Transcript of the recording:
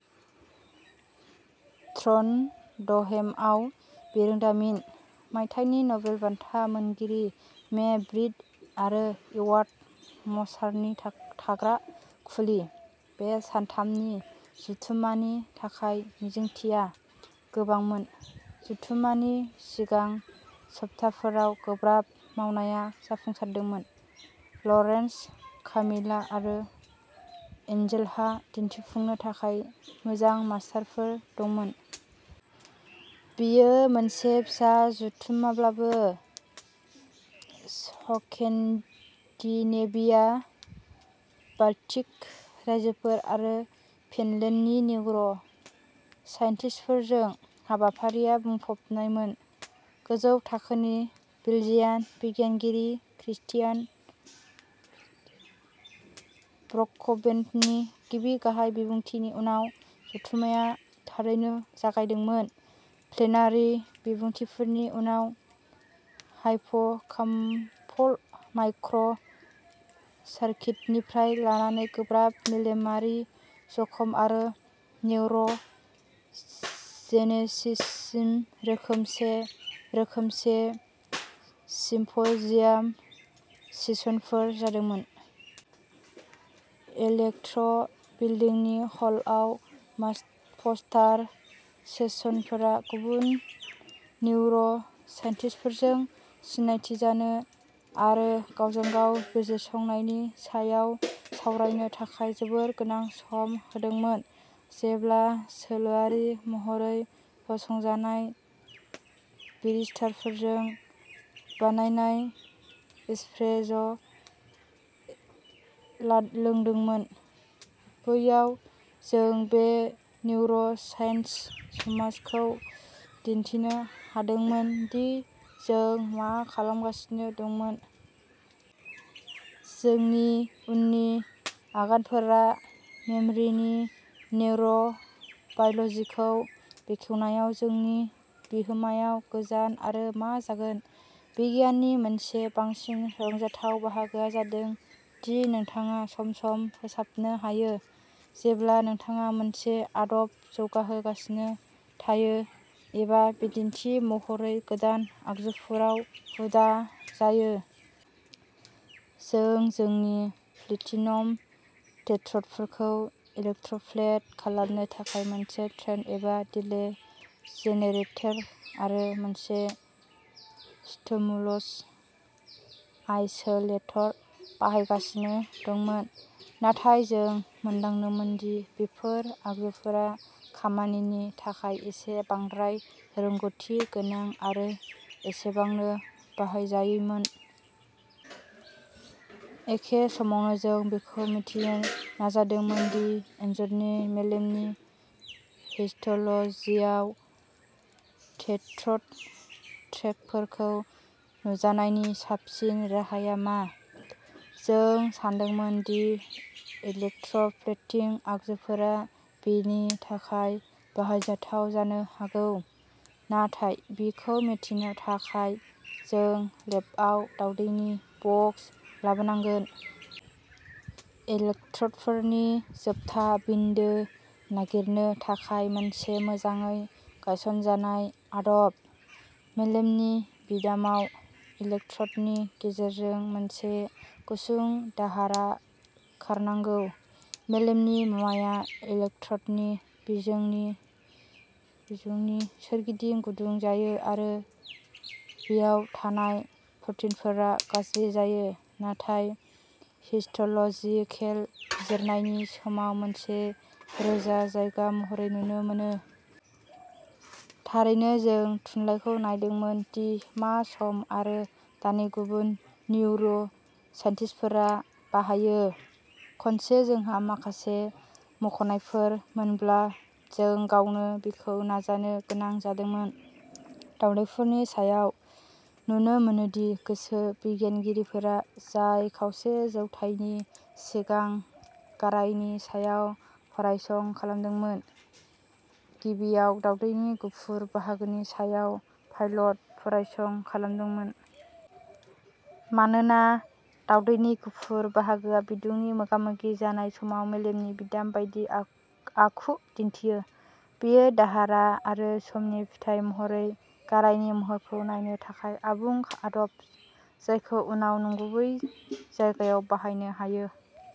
ट्रनडहेमआव बिरोंदामिन, मायथाइनि नबेल बान्था मोनगिरि मे ब्रिट आरो एडवार्ड मसारनि था-थाग्रा खुलि, बे सानथामनि जथुम्मानि थाखाय मिजिंथिया गोबांमोन। जथुम्मानि सिगां सप्ताहफोराव गोब्राब मावनाया जाफुंसारदोंमोन। लरेन्ज कामिला आरो एन्जेलहा दिन्थिफुंनो थाखाय मोजां पस्टारफोर दंमोन। बेयो मोनसे फिसा जथुम्माब्लाबो, स्केन्डिनेभिया, बाल्टिक रायजोफोर आरो फिनलेन्डनि निउर' साइन्टिस्टफोरजों, हाबाफारिआ बुंफबनायमोन। गोजौ थाखोनि बेल्जियान बिगियानगिरि क्रिस्टिन ब्र'कख'भेननि गिबि गाहाय बिबुंथिनि उनाव, जथुम्माया थारैनो जागायदोंमोन। प्लेनारि बिबुंथिफोरनि उनाव हायपकाम्पल माइक्र' सार्किटनिफ्राय लानानै गोब्राब मेलेमारि जखम आरो निउर'जेनेसिससिम रोखोमसे रोखोमसे सिम्प'जियाम सेसनफोर जादोंमोन। इलेक्ट्र' बिल्दिंनि हलआव मास पस्टार सेसनफोरा गुबुन निउर'साइन्टिस्टफोरजों सिनायथि जानो आरो गावजों-गाव बिजिरसंनायनि सायाव सावरायनो थाखाय जोबोद गोनां सम होदोंमोन, जेब्ला सोलोआरि महरै फसंजानाय बेरिस्टाफोरजों बानायनाय एस्प्रेस'ला लोंदोंमोन। बैयाव जों बे निउर'साइन्स समाजखौ दिन्थिनो हादोंमोन दि जों मा खालामगासिनो दंमोन। जोंनि उननि आगानफोरा मेमरिनि निउर'बाय'ल'जिखौ बेखेवनायाव जोंनि बिहोमायाव गोजान आरो मा जागोन। बिगियाननि मोनसे बांसिन रंजाथाव बाहागोआ जादों दि नोंथाङा सम-सम फोसाबनो हायो। जेब्ला नोंथाङा मोनसे आदब जौगाहोगासिनो थायो एबा बिदिन्थि महरै गोदान आगजुफोराव हुदा जायो। जों जोंनि प्लेटिनम टेट्र'डफोरखौ इलेक्ट्र'प्लेट खालामनो थाखाय मोनसे ट्रेन एबा डिले जेनेरेटर आरो मोनसे स्टिमुलस आइसोलेटर बाहायगासिनो दंमोन, नाथाय जों मोनदांदोंमोन दि बेफोर आगजुफोरा खामानिनि थाखाय एसे बांद्राय रोंग'थि गोनां आरो एसेबांनो बाहायजायैमोन। एखे समावनो जों बेखौ मिथिनो नाजादोंमोन दि एनजरनि मेलेमनि हिस्ट'ल'जियाव टेट्र'ड ट्रेकफोरखौ नुजानायनि साबसिन राहाया मा। जों सानदोंमोन दि इलेक्ट्र'प्लेटिं आगजुफोरा बेनि थाखाय बाहायजाथाव जानो हागौ, नाथाय बेखौ मिथिनो थाखाय, जों लेबआव दावदैनि बक्स लाबोनांगोन। इलेक्ट्र'डफोरनि जोबथा बिन्दो नागिरनो थाखाय मोनसे मोजाङै गायसनजानाय आदब। मेलेमनि बिदामाव, इलेक्ट्र'डनि गेजेरजों मोनसे गुसुं दाहारा खारनांगौ। मेलेमनि मुवाया इलेक्ट्र'डनि बिजोंनि बिजौनि सोरगिदिं गुदुं जायो आरो बेयाव थानाय प्र'टिनफोरा गाज्रि जायो, जाय हिस्ट'ल'जिकेल बिजिरनायनि समाव मोनसे रोजा जायगा महरै नुनो मोनो। थारैनो जों थुनलाइखौ नायदोंमोन दि मा सम आरो दानि गुबुन निउर'साइन्टिस्टफोरा बाहायो। खनसे जोंहा माखासे मुंख'नायफोर मोनब्ला, जों गावनो बेखौ नाजानो गोनां जादोंमोन। दावदैफोरनि सायाव। नुनो मोनोदि गोसो बिगियानगिरिफोरा जाय खावसे जौथायनि सिगां गारायनि सायाव फरायसं खालामदोंमोन, गिबियाव दावदैनि गुफुर बाहागोनि सायाव पाइलट फरायसं खालामदोंमोन। मानोना दावदैनि गुफुर बाहागोआ बिदुंनि मोगामोगि जानाय समाव मेलेमनि बिदाम बायदि आ-आखु दिन्थियो, बेयो दाहारा आरो समनि फिथाय महरै गारायनि महरखौ नायनो थाखाय आबुं आदब, जायखौ उनाव नंगुबै जायगायाव बाहायनो हायो।